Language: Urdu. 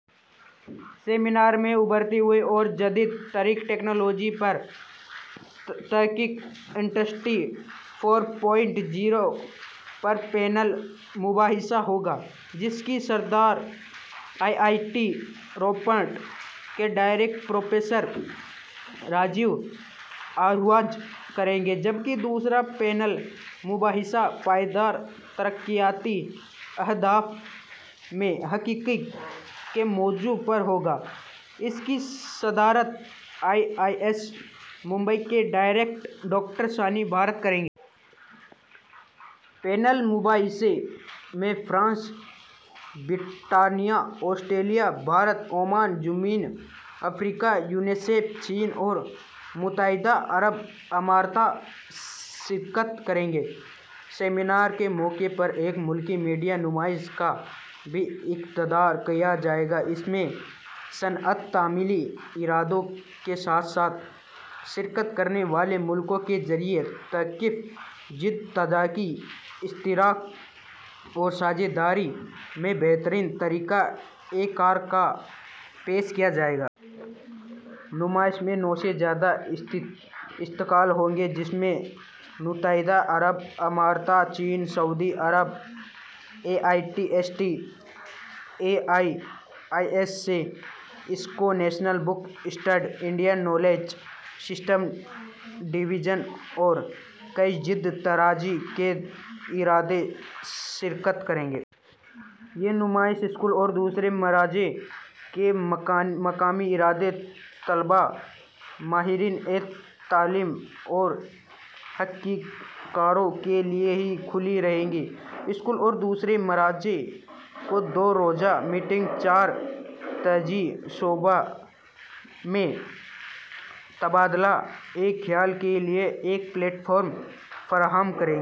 سیمینار میں ابھرتی ہوئی اور جدید ترین ٹیکنالوجی پر تحقیق، انڈسٹری فور پوائنٹ زیرو پر پینل مباحثہ ہوگا، جس کی صدارت آئی آئی ٹی روپڑ کے ڈائریکٹر پروفیسر راجیو آہوجہ کریں گے، جبکہ دوسرا پینل مباحثہ پائیدار ترقیاتی اہداف میں تحقیق کے موضوع پر ہوگا، جس کی صدارت T I S S Mumbai کی ڈائریکٹر ڈاکٹر شالنی بھارت کریں گی۔ پینل مباحثے میں فرانس، برطانیہ، آسٹریلیا، بھارت، عمان، جنوبی افریقہ، یونیسیف، چین اور متحدہ عرب امارات شرکت کریں گے۔ سیمینار کے موقع پر ایک ملٹی میڈیا نمائش کا بھی انعقاد کیا جائے گا، جس میں صنعت، تعلیمی اداروں کے ساتھ ساتھ شرکت کرنے والے ملکوں کے ذریعے تحقیق، جدت طرازی، اشتراک اور ساجھیداری میں بہترین طریقہ کار کو پیش کیا جائے گا۔ نمائش میں نوّے سے زیادہ اسٹال ہوں گے، جس میں متحدہ عرب امارات، چین، سعودی عرب، N S D C, N C E R T, National Book Trust, Indian Knowledge System Division اور کئی جدت طرازی کے ادارے شرکت کریں گے۔ یہ نمائش سولہ اور سترہ مارچ کو مقامی اداروں، طلباء، ماہرین تعلیم اور تحقیق کاروں کے لیے بھی کھلی رہے گی۔ سولہ اور سترہ مارچ کو دو روزہ میٹنگ چار ترجیحی شعبوں میں تبادلہ خیال کے لیے ایک پلیٹ فارم فراہم کرے گی۔